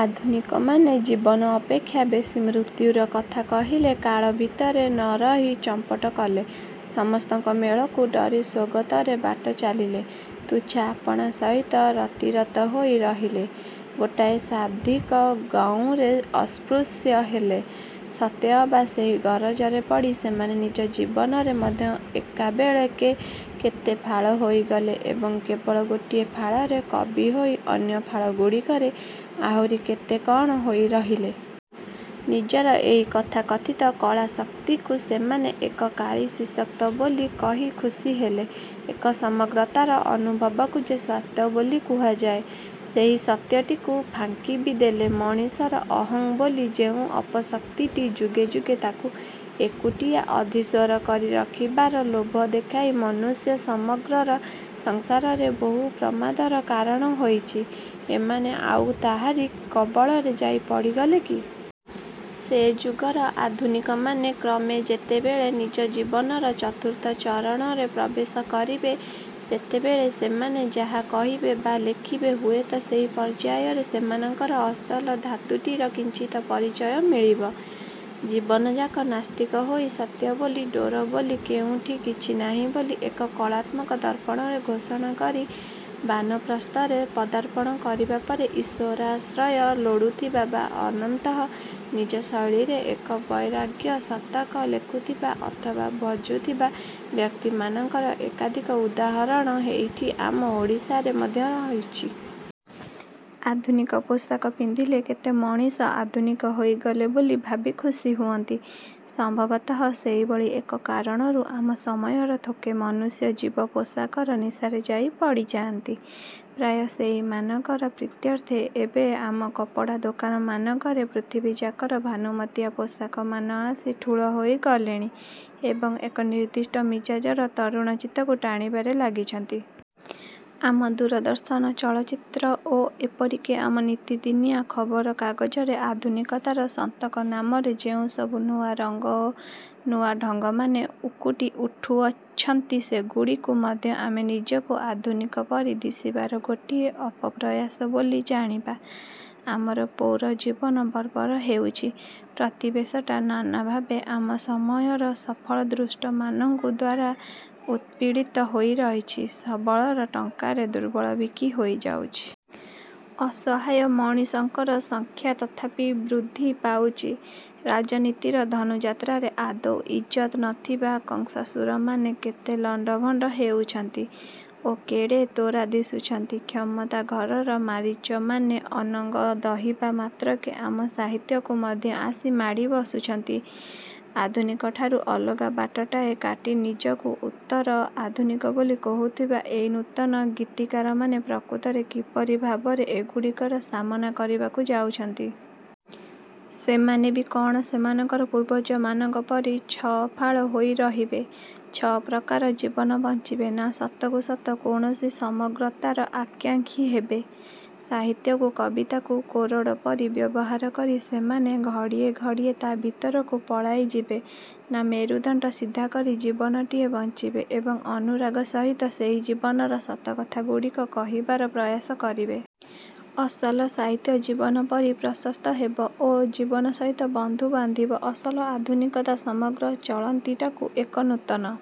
ଆଧୁନିକମାନେ ଜୀବନ ଅପେକ୍ଷା ବେଶୀ ମୃତ୍ୟୁର କଥା କହିଲେ, କାଳ ଭିତରେ ନରହି ଚମ୍ପଟ କଲେ, ସମସ୍ତଙ୍କ ମେଳକୁ ଡ଼ରି ସ୍ଵଗତରେ ବାଟ ଚାଲିଲେ, ତୁଚ୍ଛା ଆପଣା ସହିତ ରତିରତ ହୋଇ ରହିଲେ, ଗୋଟାଏ ଶାବ୍ଦିକ ଗଉଁରେ ଅସ୍ପୃଶ୍ୟ ହେଲେ। ସତେଅବା ସେହି ଗରଜରେ ପଡ଼ି ସେମାନେ ନିଜ ଜୀବନରେ ମଧ୍ୟ ଏକାବେଳେକେ କେତେ ଫାଳ ହୋଇଗଲେ ଏବଂ କେବଳ ଗୋଟିଏ ଫାଳରେ କବି ହୋଇ ଅନ୍ୟ ଫାଳଗୁଡ଼ିକରେ ଆହୁରି କେତେ କଣ ହୋଇ ରହିଲେ। ନିଜର ଏହି ତଥାକଥିତ କଳାଶକ୍ତିକୁ ସେମାନେ ଏକ କାଳିସୀଶକ୍ତି ବୋଲି କହି ଖୁସି ହେଲେ। ଏକ ସମଗ୍ରତାର ଅନୁଭବକୁ ଯେ ସ୍ଵାସ୍ଥ୍ୟ ବୋଲି କୁହାଯାଏ, ସେହି ସତ୍ୟଟିକୁ ଫାଙ୍କି ବି ଦେଲେ। ମଣିଷର ଅହଂ ବୋଲି ଯେଉଁ ଅପଶକ୍ତିଟି ଯୁଗେ ଯୁଗେ ତାକୁ ଏକୁଟିଆ ଅଧୀଶ୍ୱର କରି ରଖିବାର ଲୋଭ ଦେଖାଇ ମନୁଷ୍ୟ ସମଗ୍ରର ସଂସାରରେ ବହୁ ପ୍ରମାଦର କାରଣ ହୋଇଛି, ଏମାନେ ଆଉ ତାହାରି କବଳରେ ଯାଇ ପଡ଼ିଗଲେ କି? ସେ ଯୁଗର ଆଧୁନିକମାନେ କ୍ରମେ ଯେତେବେଳେ ନିଜ ଜୀବନର ଚତୁର୍ଥ ଚରଣରେ ପ୍ରବେଶ କରିବେ, ସେତେବେଳେ ସେମାନେ ଯାହା କହିବେ ବା ଲେଖିବେ ହୁଏତ ସେହି ପର୍ଯ୍ୟାୟରେ ସେମାନଙ୍କର ଅସଲ ଧାତୁଟିର କିଞ୍ଚିତ ପରିଚୟ ମିଳିବ। ଜୀବନଯାକ ନାସ୍ତିକ ହୋଇ, ସତ୍ୟ ବୋଲି, ଡୋର ବୋଲି କେଉଁଠି କିଛି ନାହିଁ ବୋଲି ଏକ କଳାତ୍ମକ ଦର୍ପରେ ଘୋଷଣା କରି ବାନପ୍ରସ୍ଥରେ ପଦାର୍ପଣ କରିବା ପରେ ଈଶ୍ୱରାଶ୍ରୟ ଲୋଡୁଥିବା ବା ଅନ୍ତତଃ ନିଜ ଶୈଳୀରେ ଏକ ବୈରାଗ୍ୟଶତକ ଲେଖୁଥିବା ଅଥବା ଭଜୁଥିବା ବ୍ୟକ୍ତିମାନଙ୍କର ଏକାଧିକ ଉଦାହରଣ ଏଇଠି ଆମ ଓଡ଼ିଶାରେ ମଧ୍ୟ ରହିଛି। ଆଧୁନିକ ପୋଷାକ ପିନ୍ଧିଲେ କେତେ ମଣିଷ ଆଧୁନିକ ହୋଇଗଲେ ବୋଲି ଭାବି ଖୁସୀ ହୁଅନ୍ତି। ସମ୍ଭବତଃ ସେହିଭଳି ଏକ କାରଣରୁ ଆମ ସମୟର ଥୋକେ ମନୁଷ୍ୟଜୀବ ପୋଷାକର ନିଶାରେ ଯାଇ ପଡ଼ିଯାଆନ୍ତି। ପ୍ରାୟ ସେହିମାନଙ୍କର ପ୍ରୀତ୍ୟର୍ଥେ ଏବେ ଆମ କପଡ଼ାଦୋକାନମାନଙ୍କରେ ପୃଥିବୀଯାକର ଭାନୁମତିଆ ପୋଷାକମାନ ଆସି ଠୁଳ ହୋଇଗଲେଣି ଏବଂ ଏକ ନିର୍ଦ୍ଦିଷ୍ଟ ମିଜାଜର ତରୁଣଚିତ୍ତକୁ ଟାଣିବାରେ ଲାଗିଛନ୍ତି। ଆମ ଦୂରଦର୍ଶନ, ଚଳଚ୍ଚିତ୍ର ଓ ଏପରିକି ଆମ ନିତିଦିନିଆ ଖବରକାଗଜରେ ଆଧୁନିକତାର ସନ୍ତକ ନାମରେ ଯେଉଁସବୁ ନୂଆ ରଙ୍ଗ ଓ ନୂଆ ଢ଼ଙ୍ଗମାନେ ଉକୁଟି ଉଠୁଛନ୍ତି, ସେଗୁଡ଼ିକୁ ମଧ୍ୟ ଆମେ ନିଜକୁ ଆଧୁନିକ ପରି ଦିଶିବାର ଗୋଟିଏ ଅପପ୍ରୟାସ ବୋଲି ଜାଣିବା। ଆମର ପୌରଜୀବନ ବର୍ବର ହେଉଛି, ପ୍ରତିବେଶଟା ନାନା ଭାବେ ଆମ ସମୟର ସଫଳ ଦୁଷ୍ଟମାନଙ୍କ ଦ୍ଵାରା ଉତ୍ପୀଡ଼ିତ ହୋଇ ରହିଛି, ସବଳର ଟଙ୍କାରେ ଦୁର୍ବଳ ବିକି ହୋଇ ଯାଉଛି। ଅସହାୟ ମଣିଷଙ୍କର ସଂଖ୍ୟା ତଥାପି ବୃଦ୍ଧି ପାଉଛି, ରାଜନୀତିର ଧନୁଯାତ୍ରାରେ ଆଦୌ ଇଜ୍ଜତ ନଥିବା କଂସାସୁରମାନେ କେତେ ଲଣ୍ଡଭଣ୍ଡ ହେଉଛନ୍ତି ଓ କେଡ଼େ ତୋରା ଦିଶୁଛନ୍ତି, କ୍ଷମତା ଘରର ମାରୀଚମାନେ ଅନଙ୍ଗ ଦହିବା ମାତ୍ରକେ ଆମ ସାହିତ୍ୟକୁ ମଧ୍ୟ ଆସି ମାଡ଼ି ବସୁଛନ୍ତି। ଆଧୁନିକଠାରୁ ଅଲଗା ବାଟଟାଏ କାଟି ନିଜକୁ ଉତ୍ତର ଆଧୁନିକ ବୋଲି କହୁଥିବା ଏହି ନୂତନ ଗୀତିକାରମାନେ ପ୍ରକୃତରେ କିପରି ଭାବରେ ଏଗୁଡ଼ିକର ସାମନା କରିବାକୁ ଯାଉଛନ୍ତି? ସେମାନେ ବି କଣ ସେମାନଙ୍କର ପୂର୍ବଜମାନଙ୍କ ପରି ଛଅଫାଳ ହୋଇ ରହିବେ, ଛଅପ୍ରକାର ଜୀବନ ବଞ୍ଚିବେ ନା ସତକୁ ସତ କୌଣସି ସମଗ୍ରତାର ଆକାଂକ୍ଷୀ ହେବେ? ସାହିତ୍ୟକୁ, କବିତାକୁ କୋରଡ଼ ପରି ବ୍ୟବହାର କରି ସେମାନେ ଘଡ଼ିଏ ଘଡ଼ିଏ ତା ଭିତରକୁ ପଳାଇ ଯିବେ ନା ମେରୁଦଣ୍ଡ ସିଧା କରି ଜୀବନଟିଏ ବଞ୍ଚିବେ ଏବଂ ଅନୁରାଗ ସହିତ ସେହି ଜୀବନର ସତକଥାଗୁଡ଼ିକୁ କହିବାର ପ୍ରୟାସ କରିବେ? ଅସଲ ସାହିତ୍ୟ ଜୀବନ ପରି ପ୍ରଶସ୍ତ ହେବ ଓ ଜୀବନ ସହିତ ବନ୍ଧୁ ବାନ୍ଧିବ। ଅସଲ ଆଧୁନିକତା ସମଗ୍ର ଚଳନ୍ତିଟାକୁ ଏକ ନୂତନ